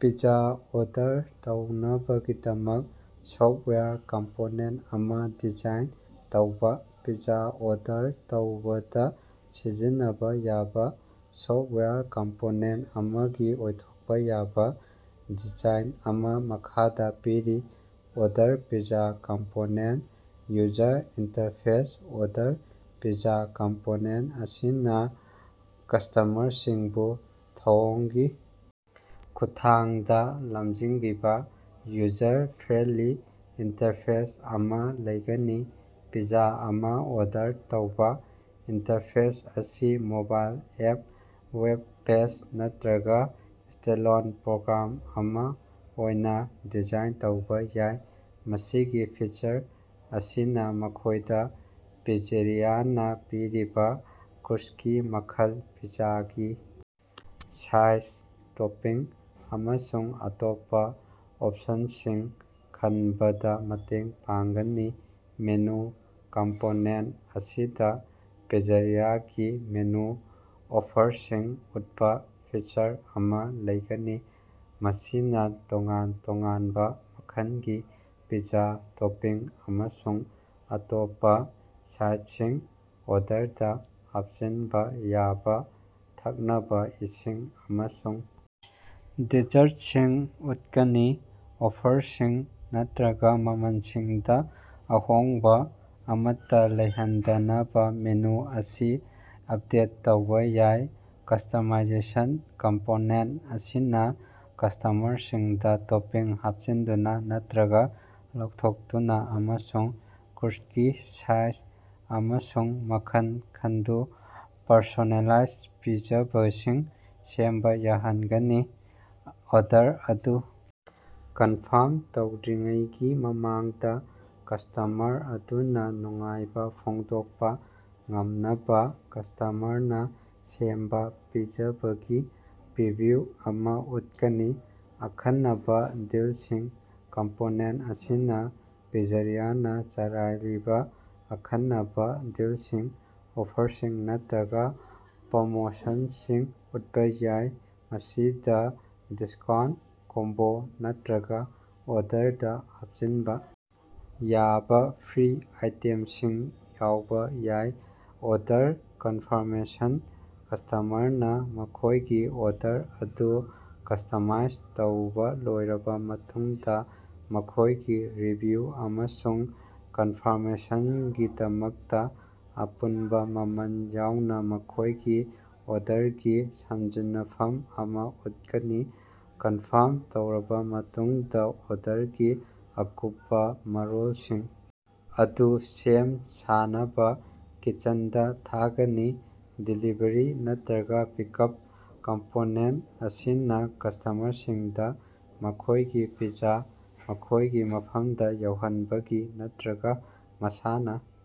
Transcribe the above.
Pizza order ꯇꯧꯅꯕꯒꯤꯗꯃꯛ software component ꯑꯃ design ꯇꯧꯕ꯫ ꯄꯤꯖ꯭ꯖꯥ ꯑꯣꯔꯗꯔ ꯇꯧꯕꯗ ꯁꯤꯖꯤꯟꯅꯕ ꯌꯥꯕ ꯁꯣꯐꯋꯦꯌꯔ ꯀꯝꯄꯣꯅꯦꯟꯠ ꯑꯃꯒꯤ ꯑꯣꯏꯊꯣꯛꯄ ꯌꯥꯕ ꯗꯤꯖꯥꯏꯟ ꯑꯃ ꯃꯈꯥꯗ ꯄꯤꯔꯤ: order pizza component: user interface: order pizza component ꯑꯁꯤꯅ ꯀꯁꯇꯃꯔꯁꯤꯡꯕꯨ ꯊꯧꯑꯣꯡꯒꯤ ꯈꯨꯠꯊꯥꯡꯗ ꯂꯝꯖꯤꯡꯕꯤꯕ ꯌꯨꯖꯔ-ꯐ꯭ꯔꯦꯟꯂꯤ ꯏꯟꯇꯔꯐꯦꯁ ꯑꯃ ꯂꯩꯒꯅꯤ꯫ ꯄꯤꯖ꯭ꯖꯥ ꯑꯃꯥ ꯑꯣꯔꯗꯔ ꯇꯧꯕ꯫ ꯏꯟꯇꯔꯐꯦꯁ ꯑꯁꯤ ꯃꯣꯕꯥꯏꯜ ꯑꯦꯞ, ꯋꯦꯕ ꯄꯦꯖ ꯅꯠꯇ꯭ꯔꯒ ꯁ꯭ꯇꯦꯟꯂꯣꯟ ꯄ꯭ꯔꯣꯒ꯭ꯔꯥꯝ ꯑꯃ ꯑꯣꯏꯅ ꯗꯤꯖꯥꯏꯟ ꯇꯧꯕ ꯌꯥꯏ꯫ ꯃꯁꯤꯒꯤ ꯐꯤꯆꯔ ꯑꯁꯤꯅ ꯃꯈꯣꯏꯗ ꯄꯤꯖ꯭ꯖꯥꯔꯤꯌꯥꯅ ꯄꯤꯔꯤꯕ ꯀ꯭ꯔꯨꯁꯀꯤ ꯃꯈꯜ, ꯄꯤꯖ꯭ꯖꯥꯒꯤ ꯁꯥꯏꯖ, ꯇꯣꯄꯤꯡ ꯑꯃꯁꯨꯡ ꯑꯇꯣꯞꯄ ꯑꯣꯞꯁꯟꯁꯤꯡ ꯈꯟꯕꯗ ꯃꯇꯦꯡ ꯄꯥꯡꯒꯅꯤ꯫ ꯃꯦꯅꯨ: ꯀꯝꯄꯣꯅꯦꯟꯠ ꯑꯁꯤꯗ ꯄꯤꯖ꯭ꯖꯥꯔꯤꯌꯥꯒꯤ ꯃꯦꯅꯨ ꯑꯣꯐꯔꯁꯤꯡ ꯎꯠꯄ ꯐꯤꯆꯔ ꯑꯃ ꯂꯩꯒꯅꯤ꯫ ꯃꯁꯤꯅ ꯇꯣꯉꯥꯟ ꯇꯣꯉꯥꯟꯕ ꯃꯈꯜꯒꯤ ꯄꯤꯖ꯭ꯖꯥ, ꯇꯣꯄꯤꯡ, ꯑꯃꯁꯨꯡ ꯑꯇꯣꯞꯄ ꯁꯥꯏꯗꯁꯤꯡ, ꯑꯣꯔꯗꯔꯗ ꯍꯥꯞꯆꯤꯟꯕ ꯌꯥꯕ ꯊꯛꯅꯕ ꯏꯁꯤꯡ ꯑꯃꯁꯨꯡ ꯗꯦꯖꯔꯠꯁꯤꯡ ꯎꯠꯀꯅꯤ꯫ ꯑꯣꯐꯔꯁꯤꯡ ꯅꯠꯇ꯭ꯔꯒ ꯃꯃꯜꯁꯤꯡꯗ ꯑꯍꯣꯡꯕ ꯑꯃꯠꯇ ꯂꯩꯍꯟꯗꯅꯕ ꯃꯦꯅꯨ ꯑꯁꯤ ꯑꯞꯗꯦꯠ ꯇꯧꯕ ꯌꯥꯏ꯫ ꯀꯁꯇꯃꯥꯏꯖꯦꯁꯟ: ꯀꯝꯄꯣꯅꯦꯟꯠ ꯑꯁꯤꯅ ꯀꯁꯇꯃꯔꯁꯤꯡꯗ ꯇꯣꯄꯤꯡ ꯍꯥꯞꯆꯤꯟꯗꯨꯅ ꯅꯠꯇ꯭ꯔꯒ ꯂꯧꯊꯣꯛꯇꯨꯅ ꯑꯃꯁꯨꯡ ꯀ꯭ꯔꯨꯁꯀꯤ ꯁꯥꯏꯖ ꯑꯃꯁꯨꯡ ꯃꯈꯜ ꯈꯟꯗꯨ ꯄꯔꯁꯣꯅꯦꯂꯥꯏꯖ ꯄꯤꯖꯕꯁꯤꯡ ꯁꯦꯝꯕ ꯌꯥꯍꯟꯒꯅꯤ꯫ ꯑꯣꯔꯗꯔ ꯑꯗꯨ ꯀꯟꯐꯥꯔꯝ ꯇꯧꯗ꯭ꯔꯤꯉꯩꯒꯤ ꯃꯃꯥꯡꯗ ꯀꯁꯇꯃꯔ ꯑꯗꯨꯅ ꯅꯨꯡꯉꯥꯏꯕ ꯐꯣꯡꯗꯣꯛꯄ ꯉꯝꯅꯕ ꯀꯁꯇꯃꯔꯅ ꯁꯦꯝꯕ ꯄꯤꯖꯕꯒꯤ ꯄ꯭ꯔꯤꯚꯤꯎ ꯑꯃ ꯎꯠꯀꯅꯤ꯫ ꯑꯈꯟꯅꯕ ꯗꯤꯜꯁꯤꯡ: ꯀꯝꯄꯣꯅꯦꯟꯠ ꯑꯁꯤꯅ ꯄꯤꯖ꯭ꯖꯥꯔꯤꯅꯥ ꯆꯂꯥꯏꯔꯤꯕ ꯑꯈꯟꯅꯕ ꯗꯤꯜꯁꯤꯡ, ꯑꯣꯐꯔꯁꯤꯡ ꯅꯠꯇ꯭ꯔꯒ ꯄ꯭ꯔꯣꯃꯣꯁꯟꯁꯤꯡ ꯎꯠꯄ ꯌꯥꯏ꯫ ꯃꯁꯤꯗ ꯗꯤꯁꯀꯥꯎꯟꯠ, ꯀꯣꯝꯕꯣ ꯅꯠꯇ꯭ꯔꯒ ꯑꯣꯔꯗꯔꯗ ꯍꯥꯞꯆꯤꯟꯕ ꯌꯥꯕ ꯐ꯭ꯔꯤ ꯑꯥꯏꯇꯦꯝꯁꯤꯡ ꯌꯥꯎꯕ ꯌꯥꯏ꯫ ꯑꯣꯔꯗꯔ ꯀꯟꯐꯥꯔꯃꯦꯁꯟ: ꯀꯁꯇꯃꯔꯅ ꯃꯈꯣꯏꯒꯤ ꯑꯣꯔꯗꯔ ꯑꯗꯨ ꯀꯁꯇꯃꯥꯏꯁ ꯇꯧꯕ ꯂꯣꯏꯔꯕ ꯃꯇꯨꯡꯗ, ꯃꯈꯣꯏꯒꯤ ꯔꯤꯚꯤꯌꯨ ꯑꯃꯁꯨꯡ ꯀꯟꯐꯥꯔꯃꯦꯁꯟꯒꯤꯗꯃꯛꯇ ꯑꯄꯨꯟꯕ ꯃꯃꯜ ꯌꯥꯎꯅ ꯃꯈꯣꯏꯒꯤ ꯑꯣꯔꯗꯔꯒꯤ ꯁꯝꯖꯤꯟꯅꯐꯝ ꯑꯃ ꯎꯠꯀꯅꯤ꯫ ꯀꯟꯐꯥꯔꯝ ꯇꯧꯔꯕ ꯃꯇꯨꯡꯗ ꯑꯣꯔꯗꯔꯒꯤ ꯑꯀꯨꯞꯄ ꯃꯔꯣꯜꯁꯤꯡ ꯑꯗꯨ ꯁꯦꯝ ꯁꯥꯅꯕ ꯀꯤꯆꯟꯗ ꯊꯥꯒꯅꯤ꯫ ꯗꯦꯂꯤꯚ꯭ꯔꯤ ꯅꯠꯇ꯭ꯔꯒ ꯄꯤꯛꯑꯞ: ꯀꯝꯄꯣꯅꯦꯟꯠ ꯑꯁꯤꯅ ꯀꯁꯇꯃꯔꯁꯤꯡꯗ ꯃꯈꯣꯏꯒꯤ ꯄꯤꯖ꯭ꯖꯥ ꯃꯈꯣꯏꯒꯤ ꯃꯐꯝꯗ ꯌꯧꯍꯟꯕꯒꯤ ꯅꯠꯇ꯭ꯔꯒ ꯃꯁꯥꯅ